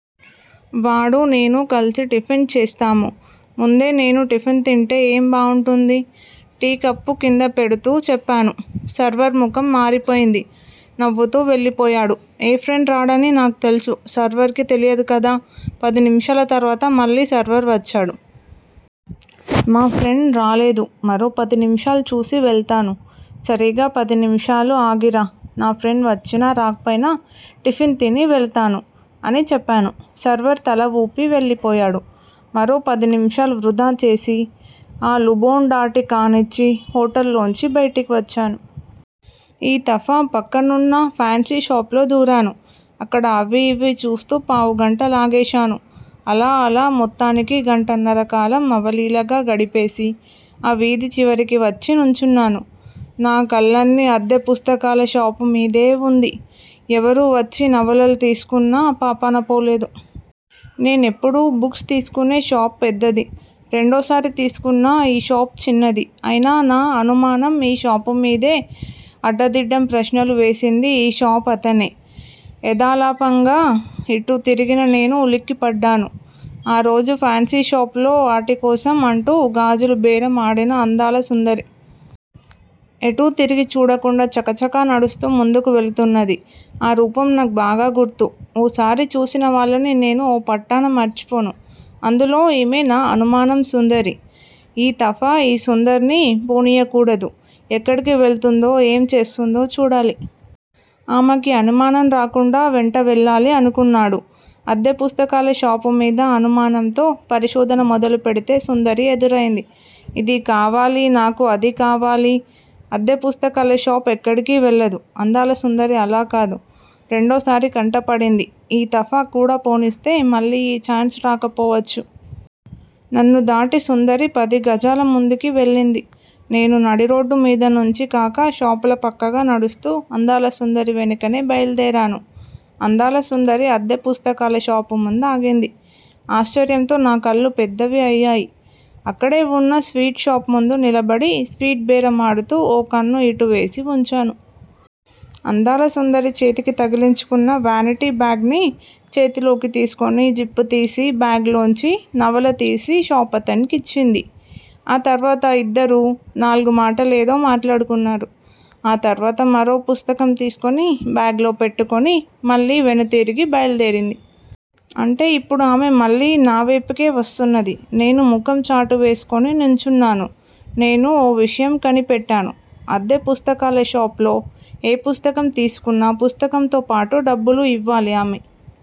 వాడూ నేనూ కలిసి టిఫిన్ చేస్తాము. ముందే నేను టిఫిన్ తింటే ఏం బాగుంటుంది! టీ కప్పు కింద పెడుతూ చెప్పాను. సర్వర్ ముఖం మారిపోయింది. నవ్వుతూ వెళ్ళిపోయాడు. ఏ ఫ్రెండూ రాడని నాకు తెలుసు. సర్వర్ కి తెలియదు కదా! పదినిమిషాల తర్వాత మళ్ళీ సర్వర్ వచ్చాడు. మా ఫ్రెండ్ రాలేదు. మరో పది నిమిషాలు చూసి వెళతాను. సరీగ పది నిమిషాలు ఆగిరా. నా ఫ్రెండ్ వచ్చినా రాకపోయినా టిఫెన్ తిని వెళతాను. అని చెప్పాను. సర్వర్ తలవూపి వెళ్ళిపోయాడు. మరో పది నిమిషాలు వృధాచేసి ఆ లూబోండాటీ కానిచ్చి హోటల్లోంచి బైటికి వచ్చాను. ఈ తఫా పక్కనున్న ఫాన్సీషాపులో దూరాను. అక్కడ అవీ ఇవీ చూస్తూ పావుగంట లాగేశాను. అలా అలా మొత్తానికి గంటన్నరకాలం అవలీలగా గడిపేసి ఆ వీధి చివరికి వచ్చి నుంచున్నాను. నా కళ్ళన్నీ అద్దె పుస్తకాల షాపుమీదే వుంది. ఎవరూ వచ్చి నవలలు తీసుకున్న పాపానపోలేదు. నేను ఎప్పుడూ బుక్స్ తీసుకునే షాపు పెద్దది. రెండోసారి తీసుకున్న ఈ షాపు చిన్నది. అయినా నా అనుమానం ఈ షాపుమీదే అడ్డదిడ్డం ప్రశ్నలు వేసింది ఈ షాపు అతనే. ఎదాలాపంగా ఇటు తిరిగిన నేను ఉలిక్కిపడ్డాను. ఆ రోజు ఫాన్సీషాపులో ఆంటీకోసం అంటూ గాజులు బేరం ఆడిన అందాల సుందరి. ఎటూ తిరిగి చూడకుండా చకచక నడుస్తూ ముందుకు వెళుతున్నది. ఆ రూపం నాకు బాగా గుర్తు. ఓసారి చూసిన వాళ్ళని నేను ఓ పట్టాన మర్చిపోను. అందులో ఈమె నా అనుమానం సుందరి. ఈ తఫా ఈ సుందరిని పోనీయకూడదు. ఎక్కడికి వెళుతుందో ఏం చేస్తుందో చూడాలి. ఆమెకి అనుమానం రాకుండా వెంట వెళ్ళాలి. అనుకున్నాడు. అద్దె పుస్తకాల షాపుమీద అనుమానంతో పరిశోధన మొదలు పెడితే సుందరి ఎదురయింది. ఇదీ కావాలి నాకు అదీ కావాలి. అద్దె పుస్తకాలషాపు ఎక్కడికీ వెళ్ళదు. అందాల సుందరి అలాకాదు. రెండోసారి కంటపడింది. ఈ తఫా కూడా పోనిస్తే మళ్ళీ యీ ఛాన్స్ రాకపోవచ్చు. నన్ను దాటి సుందరి పది గజాలుముందుకు వెళ్ళింది. నేను నడిరోడ్డు మీదనుంచి కాక షాపుల పక్కగా నడుస్తూ అందాల సుందరి వెనుకనే బైలుదేరాను. అందాల సుందరి అద్దె పుస్తకాల షాపుముందు ఆగింది. ఆశ్చర్యంతో నా కళ్ళు పెద్దవి అయ్యాయి. అక్కడేవున్న స్వీట్ షాపుముందు నిలబడి స్వీట్ బేరం ఆడుతూ ఓ కన్ను ఇటు వేసి వుంచాను. అందాల సుందరి చేతికి తగిలించుకున్న వ్యానిటీ బ్యాగ్ ని చేతిలోకి తీసుకుని జిప్పుతీసి బ్యాగ్ లోంచి నవలతీసి షాపు అతనికి ఇచ్చింది. ఆ తర్వాత ఇద్దరూ నాలుగు మాటలు ఏదో మాట్లాడుకున్నారు. ఆ తర్వాత మరో పుస్తకం తీసుకుని బ్యాగ్ లో పెట్టుకుని మళ్ళీ వెనుతిరిగి బైలుదేరింది. అంటే ఇప్పుడు ఆమె మళ్ళీ నా వేపుకే వస్తున్నది. నేను ముఖం చాటు చేసుకుని నుంచున్నాను. నేను ఓ విషయం కనిపెట్టాను. అద్దె పుస్తకాలషాపులో ఏ పుస్తకం తీసుకున్నా పుస్తకంతో పాటు డబ్బులు ఇవ్వాలి ఆమె